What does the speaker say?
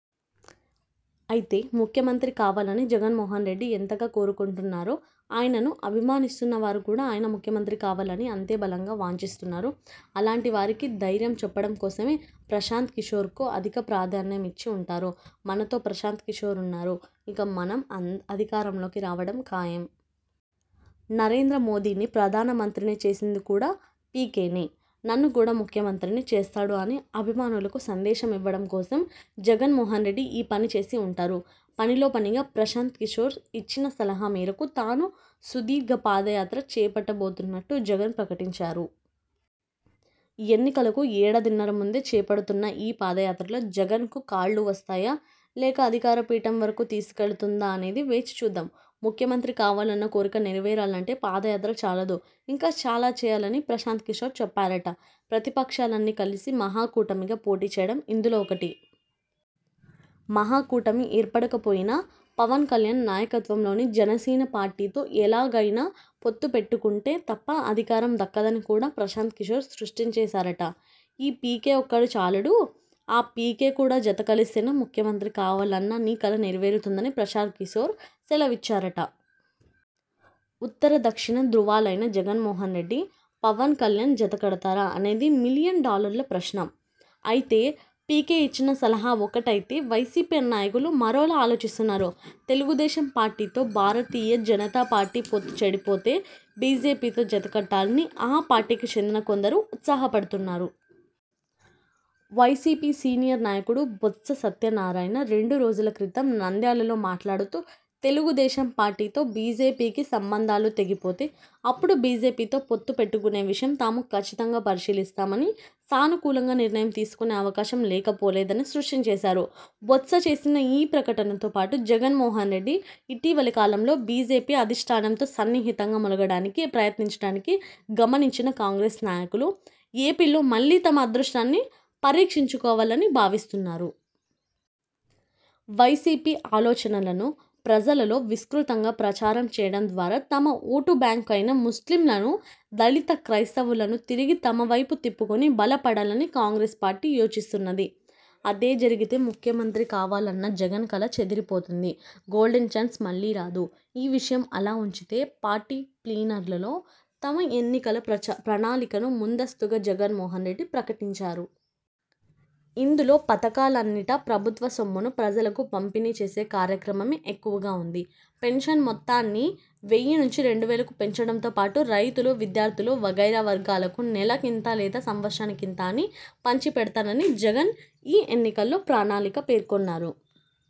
అయితే ముఖ్యమంత్రి కావాలని జగన్మోహన్రెడ్డి ఎంతగా కోరుకుంటున్నారో ఆయనను అభిమానిస్తున్నవారు కూడా ఆయన ముఖ్యమంత్రి కావాలని అంతే బలంగా వాంఛిస్తున్నారు. అలాంటి వారికి ధైర్యం చెప్పడం కోసమే ప్రశాంత్ కిశోర్కు అధిక ప్రాధాన్యం ఇచ్చి ఉంటారు. 'మనతో ప్రశాంత్ కిశోర్ ఉన్నారు. ఇక మనం అధికారంలోకి రావడం ఖాయం. నరేంద్ర మోదీని ప్రధానమంత్రిని చేసింది కూడా పీకేనే. నన్ను కూడా ముఖ్యమంత్రిని చేస్తాడు' అని అభిమానులకు సందేశం ఇవ్వడం కోసం జగన్మోహన్రెడ్డి ఈ పని చేసి ఉంటారు. పనిలో పనిగా ప్రశాంత్ కిశోర్ ఇచ్చిన సలహా మేరకు తాను సుదీర్ఘ పాదయాత్ర చేపట్టబోతున్నట్టు జగన్ ప్రకటించారు. ఎన్నికలకు ఏడాదిన్నర ముందే చేపడుతున్న ఈ పాదయాత్రతో జగన్కు కాళ్లు వాస్తాయా? లేక అధికార పీఠం వరకు తీసుకెళుతుందా అనేది వేచి చూద్దాం. ముఖ్యమంత్రి కావాలన్న కోరిక నెరవేరాలంటే పాదయాత్ర చాలదు– ఇంకా చాలాచేయాలని ప్రశాంత్ కిశోర్ చెప్పారట! ప్రతిపక్షాలన్నీ కలిసి మహా కూటమిగా పోటీ చేయడం ఇందులో ఒకటి! మహా కూటమి ఏర్పడకపోయినా పవన్ కల్యాణ్ నాయకత్వంలోని జనసేన పార్టీతో ఎలాగైనా పొత్తుపెట్టుకుంటే తప్ప అధికారం దక్కదని కూడా ప్రశాంత్ కిశోర్ స్పష్టంచేశారట! ఈ పీకే ఒక్కడే చాలడు. ఆ పీకే కూడా జత కలిస్తేనే ముఖ్యమంత్రికావాలన్న నీ కల నెరవేరుతుందని ప్రశాంత్ కిశోర్ సెలవిచ్చారట! ఉత్తర దక్షిణ ధృవాలైన జగన్మోహన్రెడ్డి– పవన్ కల్యాణ్ జత కడతారా? అనేది మిలియన్ డాలర్ల ప్రశ్న! అయితే పీకే ఇచ్చిన సలహా ఒకటైతే వైసీపీ నాయకులు మరోలా ఆలోచిస్తున్నారు. తెలుగుదేశం పార్టీతో భారతీయ జనతా పార్టీ పొత్తు చెడిపోతే బీజేపీతో జత కట్టాలని ఆ పార్టీకి చెందిన కొందరు ఉత్సాహపడుతున్నారు. వైసీపీ సీనియర్ నాయకుడు బొత్స సత్యనారాయణ రెండో రోజుల క్రితం నంద్యాలలో మాట్లాడుతూ, తెలుగుదేశం పార్టీతో బీజేపీకి సంబంధాలు తెగిపోతే అప్పుడు బీజేపీతో పొత్తుపెట్టుకునే విషయం తాము కచ్చితంగా పరిశీలిస్తామనీ, సానుకూలంగా నిర్ణయం తీసుకునే అవకాశం లేకపోలేదనీ స్పష్టంచేశారు. బొత్స చేసిన ఈ ప్రకటనతో పాటు జగన్మోహన్రెడ్డి ఇటీవలి కాలంలో బీజేపీ అధిష్ఠానంతో సన్నిహితంగా మెలగడానికి ప్రయత్నించడాన్ని గమనించిన కాంగ్రెస్ నాయకులు ఏపీలో మళ్లీ తమ అదృష్టాన్ని పరీక్షించుకోవాలని భావిస్తున్నారు. వైసీపీ ఆలోచనలను ప్రజలలో విస్తృతంగా ప్రచారం చేయడం ద్వారా తమ ఓటు బ్యాంకు అయిన ముస్లింలను, దళిత క్రైస్తవులను తిరిగి తమవైపు తిప్పుకొని బలపడాలని కాంగ్రెస్ పార్టీ యోచిస్తున్నది. అదే జరిగితే ముఖ్యమంత్రి కావాలన్న జగన్ కల చెదిరిపోతుంది. గోల్డెన్ చాన్స్ మళ్లీ రాదు! ఈ విషయం అలా ఉంచితే పార్టీ ప్లీనరీలో తమ ఎన్నికల ప్రణాళికను ముందస్తుగా జగన్మోహన్రెడ్డి ప్రకటించారు. ఇందులో పథకాలన్నిటా ప్రభుత్వ సొమ్మును ప్రజలకు పంపిణీ చేసే కార్యక్రమమే ఎక్కువగా ఉంది. పెన్షన్ మొత్తాన్ని వెయ్యి నుంచి రెండు వేలకు పెంచడంతోపాటు రైతులు, విద్యార్థులు వగైరా వర్గాలకు నెలకింత లేదా సంవత్సరానికి ఇంత అని పంచి పెడతానని జగన్ ఈ ఎన్నికల ప్రణాళికలో పేర్కొన్నారు.